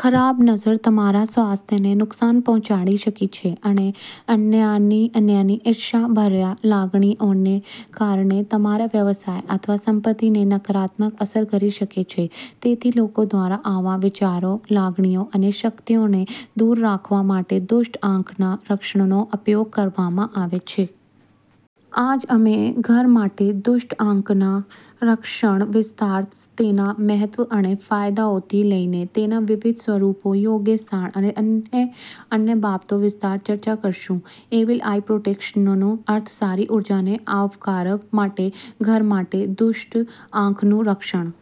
ખરાબ નજર તમારા સ્વાસ્થ્યને નુકસાન પહોંચાડી શકે છે અને અન્યવી અન્યની ઈર્ષ્યાભર્યા લાગણીઓને કારણે તમારા વ્યવસાય અથવા સંપત્તિને નકારાત્મક અસર કરી શકે છે. તેથી, લોકો દ્વારા આવા વિચારો, લાગણીઓ અને શક્તિઓને દૂર રાખવા માટે દુષ્ટ આંખના રક્ષણનો ઉપયોગ કરવામાં આવે છે. આજ, અમે ઘર માટે દુષ્ટ આંખના રક્ષણ વિસ્તાર, તેના મહત્વ અને ફાયદાઓથી લઈને તેના વિવિધ સ્વરૂપો, યોગ્ય સ્થાન અને અન અન્ય બાબતો વિશે ચર્ચા કરીશું. એવિલ આઇ પ્રોટેક્શનનો અર્થ સારી ઊર્જાને આવકારવા માટે, ઘર માટે દુષ્ટ આંખનું રક્ષણ.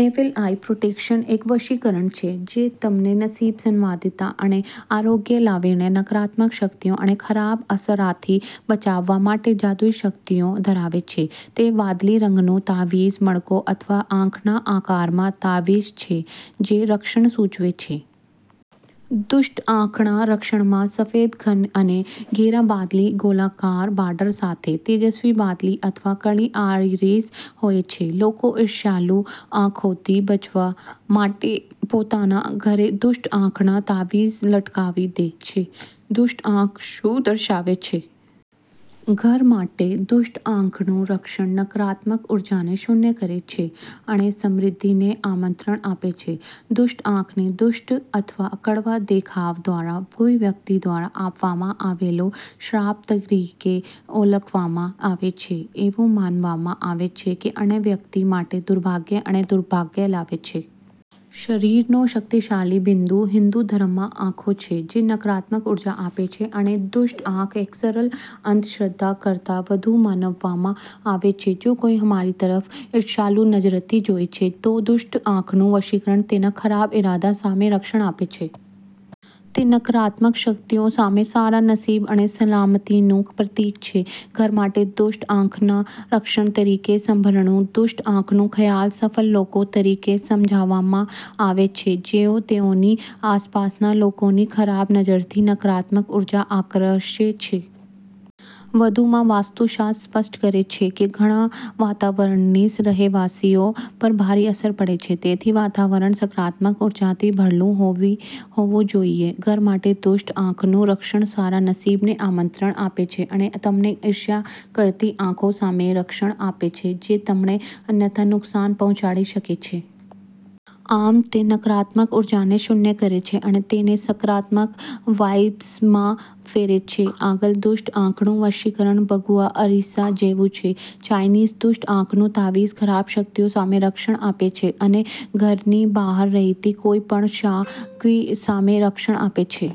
એવિલ આઇ પ્રોટેક્શન એક વશીકરણ છે જે તમને નસીબ, સંવાદિતા અને આરોગ્ય લાવીને નકારાત્મક શક્તિઓ અને ખરાબ અસરોથી બચાવવા માટે જાદુઈ શક્તિઓ ધરાવે છે. તે વાદળી રંગનું તાવીજ, મણકો અથવા આંખના આકારમાં તાવીજ છે જે રક્ષણ સૂચવે છે. દુષ્ટ આંખના રક્ષણમાં સફેદ અને ઘેરા વાદળી ગોળાકાર બાર્ડર સાથે તેજસ્વી વાદળી અથવા કાળી આઇરિસ હોય છે. લોકો ઈર્ષાળુ આંખોથી બચવા માટે પોતાના ઘરે દુષ્ટ આંખના તાવીજ લટકાવી દે છે. દુષ્ટ આંખ શું દર્શાવે છે? ઘર માટે દુષ્ટ આંખનું રક્ષણ નકારાત્મક ઊર્જાને શૂન્ય કરે છે અને સમૃદ્ધિને આમંત્રણ આપે છે. દુષ્ટ આંખને દુષ્ટ અથવા કડવા દેખાવ દ્વારા કોઈ વ્યક્તિ દ્વારા આપવામાં આવેલ શ્રાપ તરીકે ઓળખવામાં આવે છે. એવું માનવામાં આવે છે કે અન્ય વ્યક્તિ માટે દુર્ભાગ્ય અને દુર્ભાગ્ય લાવે છે. શરીરનો શક્તિશાળી બિંદુ હિંદુ ધર્મમાં આંખો છે જે નકારાત્મક ઉર્જા આપે છે. અને દુષ્ટ આંખ એક સરળ અંધશ્રદ્ધા કરતાં વધુ માનવામાં આવે છે. જો કોઈ તમારી તરફ ઈર્ષાળુ નજરે જુએ છે, તો દુષ્ટ આંખનું વશીકરણ તેમના ખરાબ ઈરાદા સામે રક્ષણ આપે છે. તે નકારાત્મક શક્તિઓ સામે સારા નસીબ અને સલામતીનું પ્રતીક છે. ઘર માટે દુષ્ટ આંખના રક્ષણ તરીકે સંભારણું દુષ્ટ આંખનો ખ્યાલ સફળ લોકો તરીકે સમજાવવામાં આવે છે જે તેમની આસપાસના લોકોની ખરાબ નજરથી નકારાત્મક ઊર્જા આકર્ષે છે. વધુમાં, વાસ્તુશાસ્ત્ર સ્પષ્ટ કરે છે કે ઘરના વાતાવરણની રહેવાસીઓ પર ભારે અસર પડે છે. તેથી વાતાવરણ સકારાત્મક ઉર્જાથી ભરેલું હોવું જોઈએ. ઘર માટે દુષ્ટ આંખનું રક્ષણ સારા નસીબને આમંત્રણ આપે છે અને તમને ઈર્ષ્યા કરતી આંખો સામે રક્ષણ આપે છે જે તમને અન્યથા નુકસાન પહોંચાડી શકે છે. આમ, તે નકારાત્મક ઊર્જાને શૂન્ય કરે છે અને તેને સકારાત્મક વાઇબ્સમાં ફેરવે છે. આગળ, દુષ્ટ આંખનું વશીકરણ બગુઆ અરીસા જેવું છે. ચાઈનીઝ દુષ્ટ આંખનું તાવીજ ખરાબ શક્તિઓ સામે રક્ષણ આપે છે અને ઘરની બહાર રહેતી કોઈપણ "શા ક્વિ" સામે રક્ષણ આપે છે.